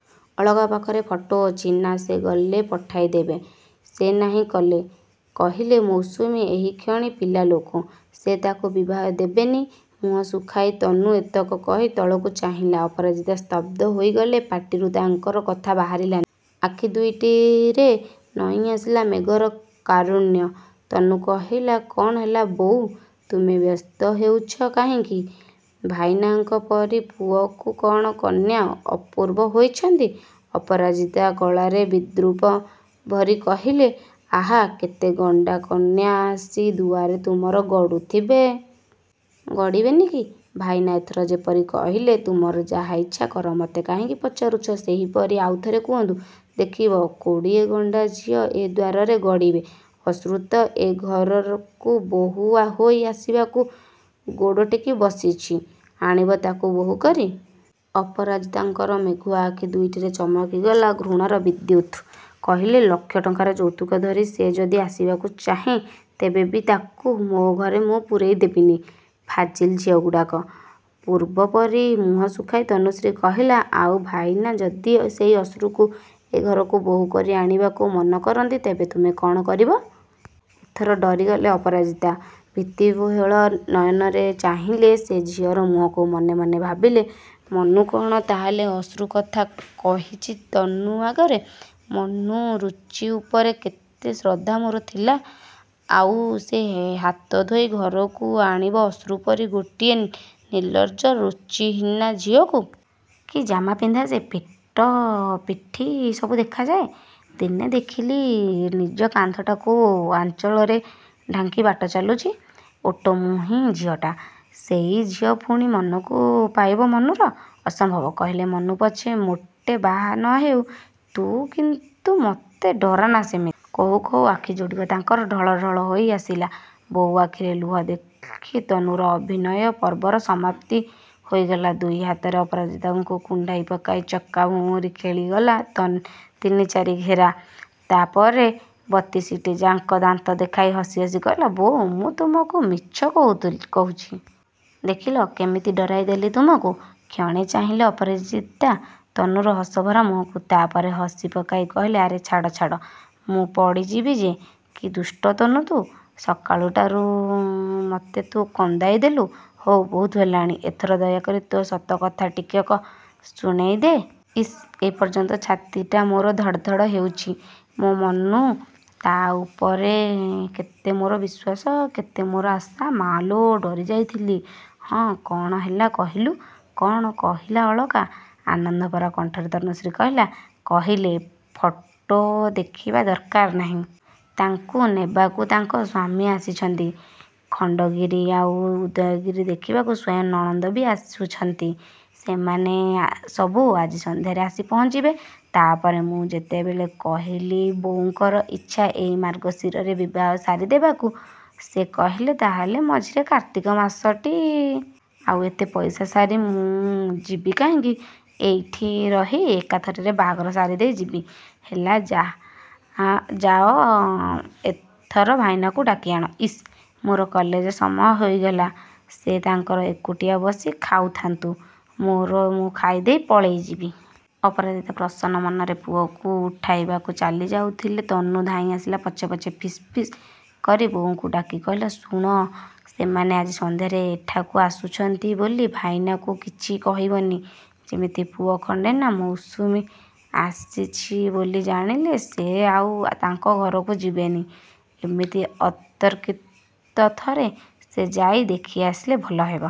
ଅଳକା ପାଖରେ ଫଟୋ ଅଛି, ନା ସେ ଗଲେ ପଠାଇଦେବେ? ସେ ନାହିଁ କଲେ। କହିଲେ, ମୌସୁମୀ ଏହିକ୍ଷଣି ପିଲା ଲୋକ। ସେ ତାକୁ ବିବାହ ଦେବେନି'। ମୁହଁ ଶୁଖାଇ ତନୁ ଏତକ କହି ତଳକୁ ଚାହିଁଲା। ଅପରାଜିତା ସ୍ତବ୍ଧ ହୋଇଗଲେ। ପାଟିରୁ ତାଙ୍କର କଥା ବାହାରିଲାନି। ଆଖିଦୁଇଟିରେ ନଇଁଆସିଲା ମେଘର କାରୁଣ୍ୟ। ତନୁ କହିଲା, କ'ଣ ହେଲା, ବୋଉ? ତୁମେ ବ୍ୟସ୍ତ ହେଉଛ କାହିଁକି? ଭାଇନାଙ୍କ ପରି ପୁଅକୁ କ'ଣ କନ୍ୟା ଅପୂର୍ବ ହୋଇଛନ୍ତି?" ଅପରାଜିତା ଗଳାରେ ବିଦ୍ରୂପ ଭରି କହିଲେ, ଆହାଃ କେତେ ଗଣ୍ଡା କନ୍ୟା ଆସି ଦୁଆରେ ତୁମର ଗଡ଼ୁଥିବେ! ଗଡ଼ିବେନି କି! ଭାଇନା ଏଥର ଯେପରି କହିଲେ, ତୁମର ଯାହା ଇଚ୍ଛା କର, ମୋତେ କାହିଁକି ପଚାରୁଛ', ସେହିପରି ଆଉଥରେ କୁହନ୍ତୁ, ଦେଖିବ କୋଡ଼ିଏ ଗଣ୍ଡା ଝିଅ ଏ ଦ୍ୱାରରେ ଗଡ଼ିବେ।"ଅଶ୍ରୁ ତ ଏ ଘରକୁ ବୋହୂ ହୋଇ ଆସିବାକୁ ଗୋଡ଼ଟେକି ବସିଛି। ଆଣିବ ତାକୁ ବୋହୂ କରି? ଅପରାଜିତାଙ୍କର ମେଘୁଆ ଆଖି ଦୁଇଟିରେ ଚମକିଗଲା ଘୃଣାର ବିଦ୍ୟୁତ୍। କହିଲେ, ଲକ୍ଷ ଟଙ୍କାର ଯୌତୁକ ଧରି ସେ ଯଦି ଆସିବାକୁ ଚାହେଁ, ତେବେ ବି ତାକୁ ମୋ ଘରେ ମୁଁ ପୁରାଇଦେବିନି। ଫାଜିଲ୍ ଝିଅଗୁଡ଼ାକ! ପୂର୍ବ ପରି ମୁହଁ ଶୁଖାଇ ତନୁଶ୍ରୀ କହିଲା, "ଆଉ ଭାଇନା ଯଦି ସେଇ ଅଶ୍ରୁକୁ ଏ ଘରକୁ ବୋହୂ କରି ଆଣିବାକୁ ମନ କରନ୍ତି, ତେବେ ତୁମେ କ'ଣ କରିବ? ଏଥର ଡରିଗଲେ ଅପରାଜିତା। ଭୀତିବିହ୍ୱଳ ନୟନରେ ଚାହିଁଲେ ସେ ଝିଅର ମୁହଁକୁ। ମନେ ମନେ ଭାବିଲେ, 'ମନୁ କ'ଣ ତାହେଲେ ଅଶ୍ରୁ କଥା କହିଛି ତନୁ ଆଗରେ! ମନୁ ରୁଚି ଉପରେ କେତେ ଶ୍ରଦ୍ଧା ମୋର ଥିଲା। ଆଉ ସେ ହାତଧୋଇ ଘରକୁ ଆଣିବ ଅଶ୍ରୁପରି ଗୋଟିଏ ନିର୍ଲଜ୍ଜ, ରୁଚିହୀନା ଝିଅକୁ! କି ଜାମା ପିନ୍ଧେ ସେ! ପେଟ, ପିଠି ସବୁ ଦେଖାଯାଏ। ଦିନେ ଦେଖିଲି ନିଜ କାନ୍ଧଟାକୁ ଆଞ୍ଚଳରେ ଢାଙ୍କି ବାଟ ଚାଲୁଛି, ଓଟ ମୁହିଁ ଝିଅଟା। ସେଇ ଝିଅ ପୁଣି ମନକୁ ପାଇବ ମନୁର! ଅସମ୍ଭବ!' କହିଲେ, ମନୁ ପଛେ ମୋଟେ ବାହା ନ ହେଉ, ତୁ କିନ୍ତୁ ମୋତେ ଡରାନା ସେମିତି।" କହୁ କହୁ ଆଖିଯୋଡ଼ିକ ତାଙ୍କର ଢଳଢଳ ହୋଇଆସିଲା। ବୋଉ ଆଖିରେ ଲୁହ ଦେଖି ତନୁର ଅଭିନୟ ପର୍ବର ସମାପ୍ତି ହୋଇଗଲା। ଦୁଇ ହାତରେ ଅପରାଜିତାଙ୍କୁ କୁଣ୍ଢାଇ ପକାଇ ଚକା ଭଉଁରି ଖେଳିଗଲା ତିନି-ଚାରି ଘେରା। ତାପରେ ବତିଶଟିଯାକ ଦାନ୍ତ ଦେଖାଇ ହସି ହସି କହିଲା, ବୋଉ, ମୁଁ ତୁମକୁ ମିଛ କହୁଥିଲି କହିଛି। ଦେଖିଲ କେମିତି ଡରାଇ ଦେଲି ତୁମକୁ! କ୍ଷଣେ ଚାହିଁଲେ ଅପରାଜିତା, ତନୁର ହସଭରା ମୁହଁକୁ। ତାପରେ ହସିପକାଇ କହିଲେ, ଆରେ ଛାଡ଼, ଛାଡ଼, ମୁଁ ପଡ଼ିଯିବି ଯେ। କି ଦୁଷ୍ଟ ତନୁ ତୁ! ସକାଳୁଟାରୁ ମୋତେ ତୁ କନ୍ଦାଇ ଦେଲୁ। ହଉ, ବହୁତ ହେଲାଣି। ଏଥର ଦୟାକରି ତୋ ସତ କଥା ଟିକକ ଶୁଣାଇଦେ। ଇସ୍, ଏ ପର୍ଯ୍ୟନ୍ତ ଛାତିଟା ମୋର ଧଡ଼ ଧଡ଼ ହେଉଛି! ମୋ ମନୁ, ତା' ଉପରେ କେତେ ମୋର ବିଶ୍ୱାସ, କେତେ ମୋର ଆଶା ମା’ଲୋ, ଡରିଯାଇଥିଲି। ହଁ, କ'ଣ ହେଲା, କହିଲୁ? କ'ଣ କହିଲା ଅଳକା? ଆନନ୍ଦଭରା କଣ୍ଠରେ ତନୁଶ୍ରୀ କହିଲା, କହିଲେ, 'ଫଟୋ ଦେଖିବା ଦରକାର ନାହିଁ। ତାଙ୍କୁ ନେବାକୁ ତାଙ୍କ ସ୍ୱାମୀ ଆସୁଛନ୍ତି। ଖଣ୍ଡଗିରି ଆଉ ଉଦୟଗିରି ଦେଖିବାକୁ ସ୍ୱୟଂ ନଣନ୍ଦ ବି ଆସୁଛନ୍ତି। ସେମାନେ ସବୁ ଆଜି ସନ୍ଧ୍ୟାରେ ଆସି ପହଞ୍ଚିବେ।' ତାପରେ ମୁଁ ଯେତେବେଳେ କହିଲି ବୋଉଙ୍କର ଇଚ୍ଛା ଏଇ ମାର୍ଗଶିରରେ ବିବାହ ସାରିଦେବାକୁ, ସେ କହିଲେ, 'ତାହାହେଲେ ମଝିରେ କାର୍ତ୍ତିକ ମାସଟି। ଆଉ ଏତେ ପଇସା ସାରି ମୁଁ ଯିବି କାହିଁକି? ଏଇଠି ରହି ଏକାଥରେ ବାହାଘର ସାରିଦେଇ ଯିବି।' ହେଲା! ଯାଅ ଏଥର ଭାଇନାକୁ ଡାକିଆଣ। ଇସ୍, ମୋର କଲେଜ ସମୟ ହୋଇଗଲା। ସେ ତାଙ୍କର ଏକୁଟିଆ ବସି ଖାଉଥାନ୍ତୁ। ମୋର ମୁଁ ଖାଇଦେଇ ପଳେଇ ଯିବି। ଅପରାଜିତା ପ୍ରସନ୍ନ ମନରେ ପୁଅକୁ ଉଠାଇବାକୁ ଚାଲିଯାଉଥିଲେ। ତନୁ ଧାଇଁଆସିଲା ପଛେ ପଛେ। ଫିସ୍-ଫିସ୍ କରି ବୋଉଙ୍କୁ ଡାକି କହିଲା, ଶୁଣ, ସେମାନେ ଆଜି ସନ୍ଧ୍ୟାରେ ଏଠାକୁ ଆସୁଛନ୍ତି ବୋଲି ଭାଇନାକୁ କିଛି କହିବନି। ଯେମିତି ପୁଅ ଖଣ୍ଡେ ନା, ମୌସୁମୀ ଆସିଛି ବୋଲି ଜାଣିଲେ ସେ ଆଉ ତାଙ୍କ ଘରକୁ ଯିବେନି। ଏମିତି ଅତର୍କିତ ଥରେ ସେ ଯାଇ ଦେଖିଆସିଲେ ଭଲ ହେବ।